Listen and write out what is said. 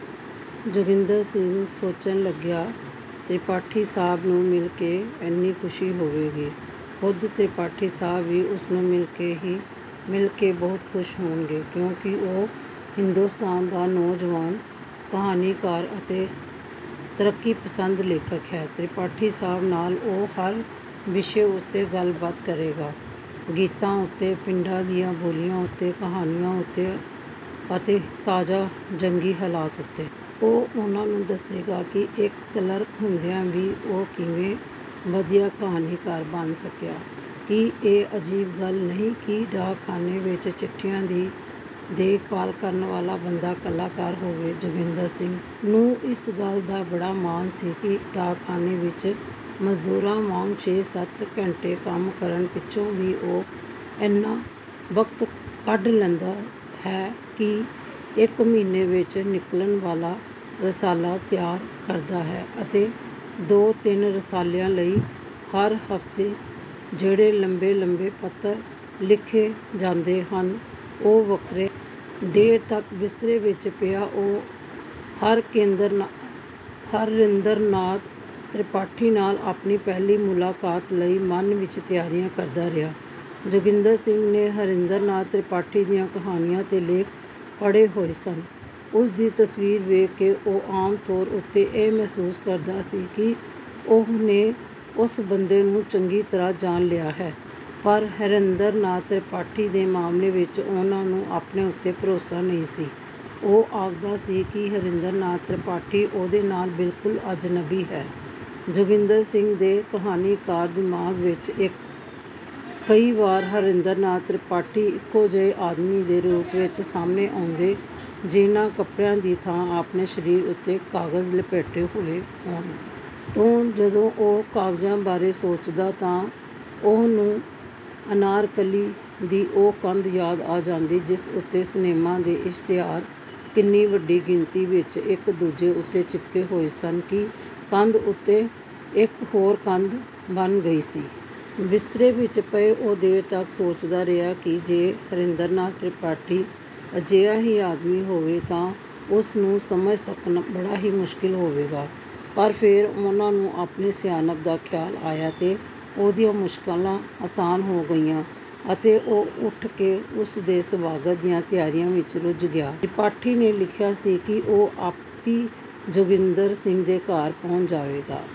ਜੋਗਿੰਦਰ ਸਿੰਘ ਸੋਚਣ ਲੱਗਿਆ, ਤ੍ਰਿਪਾਠੀ ਸਾਹਿਬ ਨੂੰ ਮਿਲ ਕੇ ਕਿੰਨੀ ਖੁਸ਼ੀ ਹੋਵੇਗੀ। ਖੁਦ ਤ੍ਰਿਪਾਠੀ ਸਾਹਿਬ ਵੀ ਉਸਨੂੰ ਮਿਲ ਕੇ ਬਹੁਤ ਖੁਸ਼ ਹੋਣਗੇ ਕਿਉਂਕਿ ਉਹ ਹਿੰਦੋਸਤਾਨ ਦਾ ਨੌਜਵਾਨ ਕਹਾਣੀਕਾਰ ਅਤੇ ਤਰੱਕੀਪਸੰਦ ਲੇਖਕ ਹੈ। ਤ੍ਰਿਪਾਠੀ ਸਾਹਿਬ ਨਾਲ ਉਹ ਹਰ ਵਿਸ਼ੇ ਉੱਤੇ ਗੱਲਬਾਤ ਕਰੇਗਾ, ਗੀਤਾਂ ਉੱਤੇ, ਪਿੰਡਾਂ ਦੀਆਂ ਬੋਲੀਆਂ ਉੱਤੇ, ਕਹਾਣੀਆਂ ਉੱਤੇ ਅਤੇ ਤਾਜ਼ਾ ਜੰਗੀ ਹਾਲਾਤ ਉੱਤੇ। ਉਹ ਉਨ੍ਹਾਂ ਨੂੰ ਦੱਸੇਗਾ ਕਿ ਇੱਕ ਕਲਰਕ ਹੁੰਦਿਆਂ ਵੀ ਉਹ ਕਿਵੇਂ ਵਧੀਆ ਕਹਾਣੀਕਾਰ ਬਣ ਸਕਿਆ। ਕੀ ਇਹ ਅਜੀਬ ਗੱਲ ਨਹੀਂ ਕਿ ਡਾਕਖਾਨੇ ਵਿੱਚ ਚਿੱਠੀਆਂ ਦੀ ਦੇਖਭਾਲ ਕਰਨ ਵਾਲਾ ਬੰਦਾ ਕਲਾਕਾਰ ਹੋਵੇ। ਜੋਗਿੰਦਰ ਸਿੰਘ ਨੂੰ ਇਸ ਗੱਲ ਦਾ ਬੜਾ ਮਾਣ ਸੀ ਕਿ ਡਾਕਖਾਨੇ ਵਿੱਚ ਮਜ਼ਦੂਰਾਂ ਵਾਂਗ ਛੇ-ਸੱਤ ਘੰਟੇ ਕੰਮ ਕਰਨ ਪਿੱਛੋਂ ਵੀ ਉਹ ਇੰਨਾ ਵਕਤ ਕੱਢ ਲੈਂਦਾ ਹੈ ਕਿ ਇੱਕ ਮਹੀਨੇ ਵਿੱਚ ਨਿਕਲਣ ਵਾਲਾ ਰਸਾਲਾ ਤਿਆਰ ਕਰਦਾ ਹੈ ਅਤੇ ਦੋ-ਤਿੰਨ ਰਸਾਲਿਆਂ ਲਈ ਹਰ ਹਫ਼ਤੇ ਜਿਹੜੇ ਲੰਬੇ-ਲੰਬੇ ਪੱਤਰ ਲਿਖੇ ਜਾਂਦੇ ਹਨ, ਉਹ ਵੱਖਰੇ। ਦੇਰ ਤਕ ਬਿਸਤਰੇ ਵਿੱਚ ਪਿਆ ਉਹ ਹਰੇਂਦਰ ਨਾਥ ਤ੍ਰਿਪਾਠੀ ਨਾਲ ਆਪਣੀ ਪਹਿਲੀ ਮੁਲਾਕਾਤ ਲਈ ਮਨ ਵਿੱਚ ਤਿਆਰੀਆਂ ਕਰਦਾ ਰਿਹਾ। ਜੋਗਿੰਦਰ ਸਿੰਘ ਨੇ ਹਰੇਂਦਰ ਨਾਥ ਤ੍ਰਿਪਾਠੀ ਦੀਆਂ ਕਹਾਣੀਆਂ ਤੇ ਲੇਖ ਪੜ੍ਹੇ ਹੋਏ ਸਨ। ਉਸਦੀ ਤਸਵੀਰ ਵੇਖ ਕੇ ਉਹ ਆਮ ਤੌਰ ਉੱਤੇ ਇਹ ਮਹਿਸੂਸ ਕਰਦਾ ਸੀ ਕਿ ਉਹਨੇ ਉਸ ਬੰਦੇ ਨੂੰ ਚੰਗੀ ਤਰ੍ਹਾਂ ਜਾਣ ਲਿਆ ਹੈ। ਪਰ ਹਰੇਂਦਰ ਨਾਥ ਤ੍ਰਿਪਾਠੀ ਦੇ ਮਾਮਲੇ ਵਿੱਚ ਉਹਨਾਂ ਨੂੰ ਆਪਣੇ ਉੱਤੇ ਭਰੋਸਾ ਨਹੀਂ ਸੀ। ਉਹ ਆਖਦਾ ਸੀ ਕਿ ਹਰੇਂਦਰ ਨਾਥ ਤ੍ਰਿਪਾਠੀ ਉਹਦੇ ਲਈ ਬਿਲਕੁਲ ਅਜਨਬੀ ਹੈ। ਜੋਗਿੰਦਰ ਸਿੰਘ ਦੇ ਕਹਾਣੀਕਾਰ ਦਿਮਾਗ ਵਿੱਚ ਕਈ ਵਾਰ ਹਰੇਂਦਰ ਨਾਥ ਤ੍ਰਿਪਾਠੀ ਇੱਕ ਅਜਿਹੇ ਆਦਮੀ ਦੇ ਰੂਪ ਵਿੱਚ ਸਾਹਮਣੇ ਆਉਂਦੇ ਜੀਹਨੇ ਕੱਪੜਿਆਂ ਦੀ ਥਾਂ ਆਪਣੇ ਸਰੀਰ ਉੱਤੇ ਕਾਗਜ਼ ਲਪੇਟੇ ਹੋਏ ਹੋਣ। ਤੇ ਜਦੋਂ ਉਹ ਕਾਗਜ਼ਾਂ ਬਾਰੇ ਸੋਚਦਾ ਤਾਂ ਉਹਨੂੰ ਅਨਾਰਕਲੀ ਦੀ ਉਹ ਕੰਧ ਯਾਦ ਆ ਜਾਂਦੀ ਜਿਸ ਉੱਤੇ ਸਿਨਮੇ ਦੇ ਇਸ਼ਤਿਹਾਰ ਇੰਨੀ ਵੱਡੀ ਗਿਣਤੀ ਵਿੱਚ ਇੱਕ ਦੂਜੇ ਉੱਤੇ ਚਿਪਕੇ ਹੋਏ ਸਨ ਕਿ ਕੰਧ ਉੱਤੇ ਇੱਕ ਹੋਰ ਕੰਧ ਬਣ ਗਈ ਸੀ। ਬਿਸਤਰੇ ਵਿੱਚ ਪਿਆ ਉਹ ਦੇਰ ਤਕ ਸੋਚਦਾ ਰਿਹਾ ਕਿ ਜੇ ਹਰੇਂਦਰ ਨਾਥ ਤ੍ਰਿਪਾਠੀ ਅਜਿਹਾ ਹੀ ਆਦਮੀ ਹੋਇਆ ਤਾਂ ਉਸਨੂੰ ਸਮਝ ਸਕਣਾ ਬੜਾ ਹੀ ਮੁਸ਼ਕਲ ਹੋਵੇਗਾ। ਪਰ ਫੇਰ ਉਹਨਾਂ ਨੂੰ ਆਪਣੀ ਸਿਆਣਪ ਦਾ ਖਿਆਲ ਆਇਆ ਤੇ ਉਹਦੀਆਂ ਮੁਸ਼ਕਲਾਂ ਆਸਾਨ ਹੋ ਗਈਆਂ ਅਤੇ ਉਹ ਉੱਠ ਕੇ ਉਸ ਦੇ ਸਵਾਗਤ ਦੀਆਂ ਤਿਆਰੀਆਂ ਵਿੱਚ ਰੁੱਝ ਗਿਆ। ਤ੍ਰਿਪਾਠੀ ਨੇ ਲਿਖਿਆ ਸੀ ਕਿ ਉਹ ਆਪੀਂ ਜੋਗਿੰਦਰ ਸਿੰਘ ਦੇ ਘਰ ਪਹੁੰਚ ਜਾਵੇਗਾ।